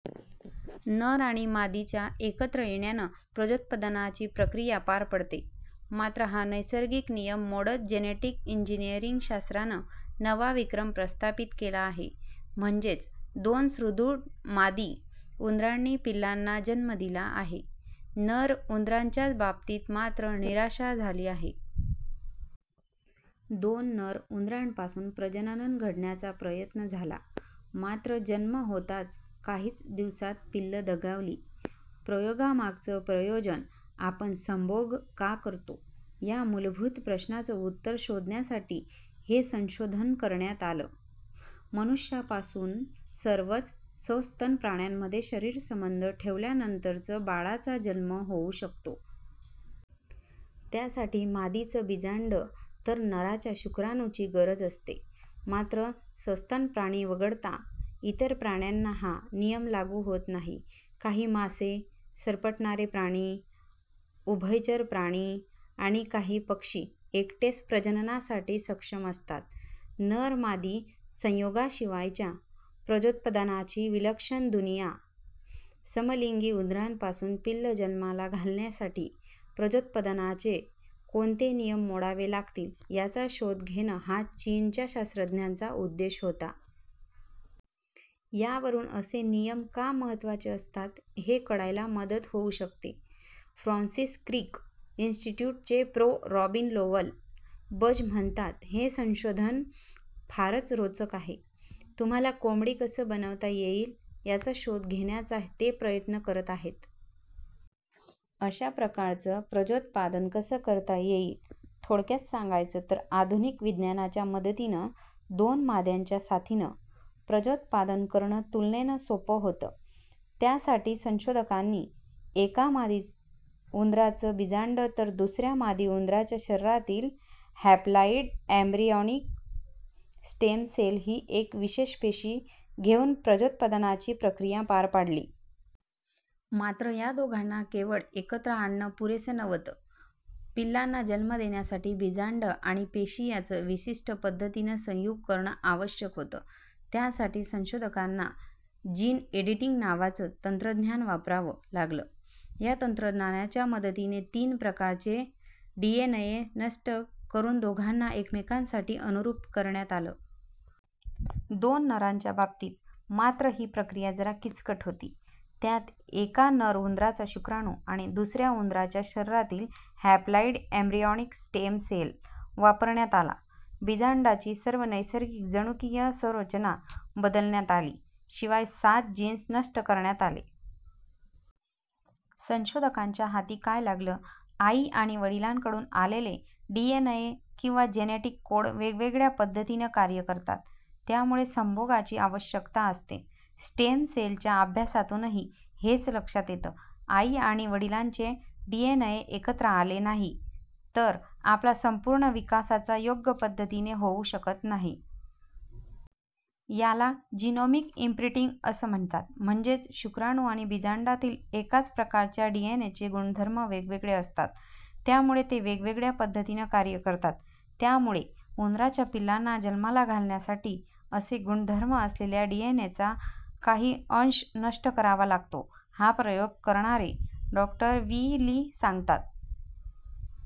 नर आणि मादीच्या एकत्र येण्यानं प्रजोत्पादनाची प्रक्रिया पार पडते. मात्र हा नैसर्गिक नियम मोडत जेनेटिक इंजनिअरिंग शास्त्रानं नवा विक्रम प्रस्थापित केला आहे. म्हणजेच दोन सुदृढ मादी उंदरांनी पिल्लांना जन्म दिला आहे. नर उंदरांच्या बाबतीत मात्र निराशा झाली आहे. दोन नर उंदरांपासून प्रजनन घडवण्याचा प्रयत्न झाला. मात्र जन्म होताच काहीच दिवसांत पिल्लं दगावली. प्रयोगामागचं प्रयोजन आपण संभोग का करतो, या मूलभूत प्रश्नाचं उत्तर शोधण्यासाठी हे संशोधन करण्यात आलं. मनुष्यापासून सर्वच सस्तन प्राण्यांमध्ये शरीरसंबंध ठेवल्यानंतरच बाळाचा जन्म होऊ शकतो. त्यासाठी मादीचं बिजांड तर नराच्या शुक्राणुंची गरज असते. मात्र सस्तन प्राणी वगळता इतर प्राण्यांना हा नियम लागू होत नाही. काही मासे, सरपटणारे प्राणी, उभयचर प्राणी आणि काही पक्षी एकटेच प्रजननासाठी सक्षम असतात. नर-मादी संयोगाशिवायच्या प्रजोत्पादनाची विलक्षण दुनिया समलिंगी उंदरांपासून पिल्लं जन्माला घालण्यासाठी प्रजोत्पादनाचे कोणते नियम मोडावे लागतील, याचा शोध घेणं, हा चीनच्या शास्त्रज्ञांचा उद्देश होता. यावरून असे नियम का महत्त्वाचे असतात, हे कळायला मदत होऊ शकते. फ्रान्सिस क्रिक इन्स्टिट्युटचे प्रो. रॉबिन लोव्हल-बज म्हणतात हे संशोधन फारच रोचक आहे. तुम्हाला कोंबडी कसं बनवता येईल, याचा शोध घेण्याचा ते प्रयत्न करत आहेत. अशा प्रकारचं प्रजोत्पादन कसं करता येईल? थोडक्यात सांगायचं तर आधुनिक विज्ञानाच्या मदतीनं दोन माद्यांच्या साथीनं प्रजोत्पादन करणं तुलनेनं सोप होतं. त्यासाठी संशोधकांनी एका मादी उंदराचं बिजांड तर दुसऱ्या मादी उंदराच्या शरिरातील हॅपलॉईड एम्ब्रियॉनिक स्टेम सेल ही एक विशेष पेशी घेऊन प्रजोत्पादनाची प्रक्रिया पार पाडली. मात्र या दोघांना केवळ एकत्र आणणं पुरेसं नव्हतं. पिल्लांना जन्म देण्यासाठी बिजांड आणि पेशी यांचं विशिष्ट पद्धतीनं संयुग करणं आवश्यक होतं. त्यासाठी संशोधकांना जिन एडिटिंग नावाचं तंत्रज्ञान वापरावं लागलं. या तंत्रज्ञानाच्या मदतीने तीन प्रकारचे डीएनए नष्ट करून दोघांना एकमेकांसाठी अनुरुप करण्यात आलं. दोन नरांच्या बाबतीत मात्र ही प्रक्रिया जरा किचकट होती. त्यात एका नर उंदराचा शुक्राणू आणि दुसऱ्या उंदराच्या शरिरातील हॅपलॉईड एम्ब्रियॉनिक स्टेम सेल वापरण्यात आला. बिजांडाची सर्वं नैसर्गिक जनुकीय संरचना बदलण्यात आली. शिवाय सात जिन्स नष्ट करण्यात आले. संशोधकांच्या हाती काय लागलं? आई आणि वडिलांकडून आलेले डीएनए किंवा जेनेटिक कोड वेगवेगळ्या पद्धतीनं कार्य करतात. त्यामुळे संभोगाची आवश्यकता असते. स्टेम सेलच्या अभ्यासातूनही हेच लक्षात येतं. आई आणि वडिलांचे डीएनए एकत्र आले नाही तर आपला संपूर्ण विकासाच योग्य पद्धतीने होऊ शकत नाही. याला जिनोमिक इम्प्रिंटिंग असं म्हणतात. म्हणजेच शुक्राणू आणि बिजांडातील एकाच प्रकारच्या डीएनएचे गुणधर्म वेगवगळे असतात. त्यामुळे ते वेगवेगळ्या पद्धतीनं कार्य करतात. त्यामुळे उंदरांच्या पिल्लांना जन्माला घालण्यासाठी असे गुणधर्म असलेल्या डीएनएचा काही अंश नष्ट करावा लागतो. हा प्रयोग करणारे डॉ. वी ली सांगतात,